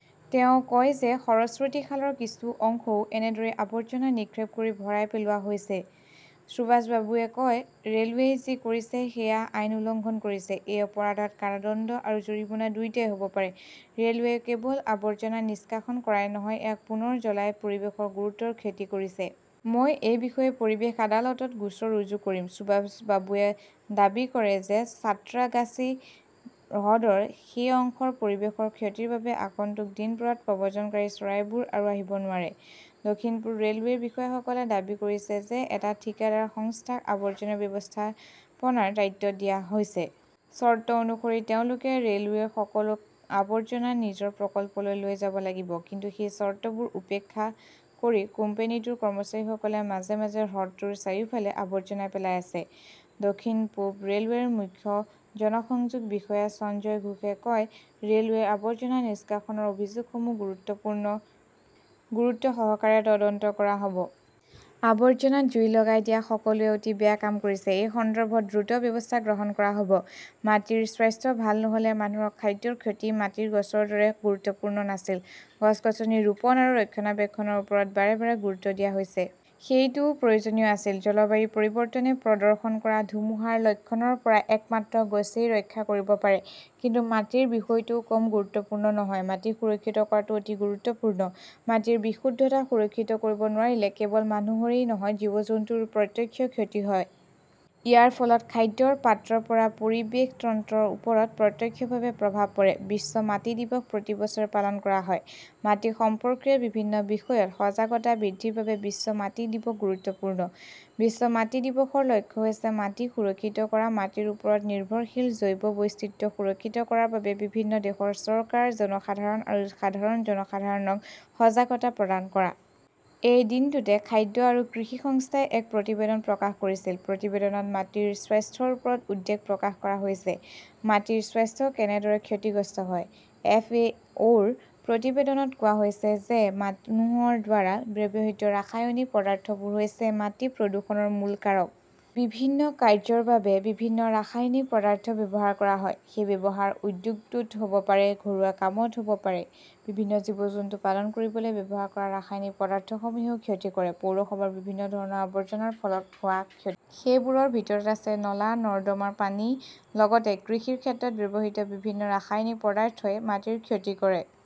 তেওঁ কয় যে সৰস্বতী খালৰ কিছু অংশও এনেদৰে আবৰ্জনা নিক্ষেপ কৰি ভৰাই পেলোৱা হৈছে। সুভাষ বাবুৱে কয়, ৰেলৱেই যি কৰিছে সেইয়া আইন উলংঘন কৰিছে। এই অপৰাধত কাৰাদণ্ড আৰু জৰিমনা দুয়োটাই হব পাৰে। ৰেলৱেই কেৱল আৱৰ্জনা নিষ্কাশন কৰাই নহয়, ইয়াক পুনৰ জ্বলাই পৰিৱেশৰ গুৰুতৰ ক্ষতি কৰিছে। মই এই বিষয়ে পৰিৱেশ আদালতত গোচৰ ৰুজু কৰিম। সুভাষ বাবুৱে দাবী কৰে যে সাঁত্ৰাগাছী হ্ৰদৰ সেই অংশৰ পৰিৱেশৰ ক্ষতিৰ বাবে আগন্তুক দিনবোৰত প্ৰব্ৰজনকাৰী চৰাইবোৰ আৰু আহিব নোৱাৰে। দক্ষিণ-পূব ৰেলৱেৰ বিষয়াসকলে দাবী কৰিছে যে এটা ঠিকাদাৰ সংস্থাক আৱৰ্জনা ব্যৱস্থাপনাৰ দায়িত্ব দিয়া হৈছে। চৰ্ত অনুসৰি, তেওঁলোকে ৰেলৱেৰ সকলো আৱৰ্জনা নিজৰ প্ৰকল্পলৈ লৈ যাব লাগিব। কিন্তু সেই চৰ্তবোৰ উপেক্ষা কৰি কোম্পানীটোৰ কৰ্মচাৰীসকলে মাজে-মাজে হ্ৰদটোৰ চাৰিওফালে আৱৰ্জনা পেলাই আছে। দক্ষিণ-পূব ৰেলৱেৰ মুখ্য জনসংযোগ বিষয়া সঞ্জয় ঘোষে কয়, ৰেলৱেৰ আৱৰ্জনা নিষ্কাশনৰ অভিযোগসমূহ গুৰুত্বসহকাৰে তদন্ত কৰা হব। আৱৰ্জনাত জুই লগাই দিয়া সকলোৱে অতি বেয়া কাম কৰিছে। এই সন্দৰ্ভত দ্ৰুত ব্যৱস্থা গ্ৰহণ কৰা হব। মাটিৰ স্বাস্থ্য ভাল নহলে মানুহৰ খাদ্যৰ ক্ষতি মাটি গছৰ দৰে গুৰুত্বপূৰ্ণ নাছিল। গছ-গছনি ৰোপণ আৰু ৰক্ষণাবেক্ষণৰ ওপৰত বাৰে বাৰে গুৰুত্ব দিয়া হৈছে। সেইটোও প্ৰয়োজনীয় আছিল। জলবায়ু পৰিৱৰ্তনে প্ৰদৰ্শন কৰা ধুমুহাৰ লক্ষণৰ পৰা একমাত্ৰ গছই ৰক্ষা কৰিব পাৰে। কিন্তু মাটিৰ বিষয়টোও কম গুৰুত্বপূৰ্ণ নহয়। মাটি সুৰক্ষিত কৰাটো অতি গুৰুত্বপূৰ্ণ। মাটিৰ বিশুদ্ধতা সুৰক্ষিত কৰিব নোৱাৰিলে কেৱল মানুহৰেই নহয়, জীৱ-জন্তুৰো প্ৰত্যক্ষ ক্ষতি হয়। ইয়াৰ ফলত খাদ্যৰ পাত্ৰৰ পৰা পৰিৱেশ তন্ত্ৰৰ ওপৰত প্ৰত্যক্ষভাৱে প্ৰভাৱ পৰে। 'বিশ্ব মাটি দিৱস'প্ৰতি বছৰে পালন কৰা হয়। মাটি সম্পৰ্কীয় বিভিন্ন বিষয়ত সজাগতা বৃদ্ধিৰ বাবে 'বিশ্ব মাটি দিৱস'গুৰুত্বপূৰ্ণ।'বিশ্ব মাটি দিৱস'ৰ লক্ষ্য হৈছে মাটি সুৰক্ষিত কৰা, মাটিৰ ওপৰত নিৰ্ভৰশীল জৈৱ বৈচিত্ৰ্য সুৰক্ষিত কৰাৰ বাবে বিভিন্ন দেশৰ চৰকাৰ, জনসাধাৰণ আৰু সাধাৰণ জনসাধাৰণক সজাগতা প্ৰদান কৰা। এই দিনটোতে খাদ্য আৰু কৃষি সংস্থাই এক প্ৰতিবেদন প্ৰকাশ কৰিছিল। প্ৰতিবেদনত মাটিৰ স্বাস্থ্যৰ ওপৰত উদ্বেগ প্ৰকাশ কৰা হৈছে। মাটিৰ স্বাস্থ্য কেনেদৰে ক্ষতিগ্ৰস্ত হয়? এফ. এ. অ -ৰ প্ৰতিবেদনত কোৱা হৈছে যে মানুহৰ দ্বাৰা ব্যৱহৃত ৰাসায়নিক পদাৰ্থবোৰ হৈছে মাটি প্ৰদূষণৰ মূল কাৰক। বিভিন্ন কাৰ্য্যৰ বাবে বিভিন্ন ৰাসায়নিক পদাৰ্থ ব্যৱহাৰ কৰা হয়। সেই ব্যৱহাৰ উদ্যোগটোত হ 'ব পাৰে, ঘৰুৱা কাম হ ব পাৰে। বিভিন্ন জীৱ-জন্তু পালন কৰিবলৈ ব্যৱহাৰ কৰা ৰাসায়নিক পদাৰ্থসমূহেও ক্ষতি কৰে। পৌৰসভাৰ বিভিন্ন ধৰণৰ আৱৰ্জনাৰ ফলত হোৱা ক্ষতি। সেইবোৰৰ ভিতৰত আছে নলা-নৰ্দমাৰ পানী। লগতে কৃষিৰ ক্ষেত্ৰত ব্যৱহৃত বিভিন্ন ৰাসায়নিক পদাৰ্থই মাটিৰ ক্ষতি কৰে।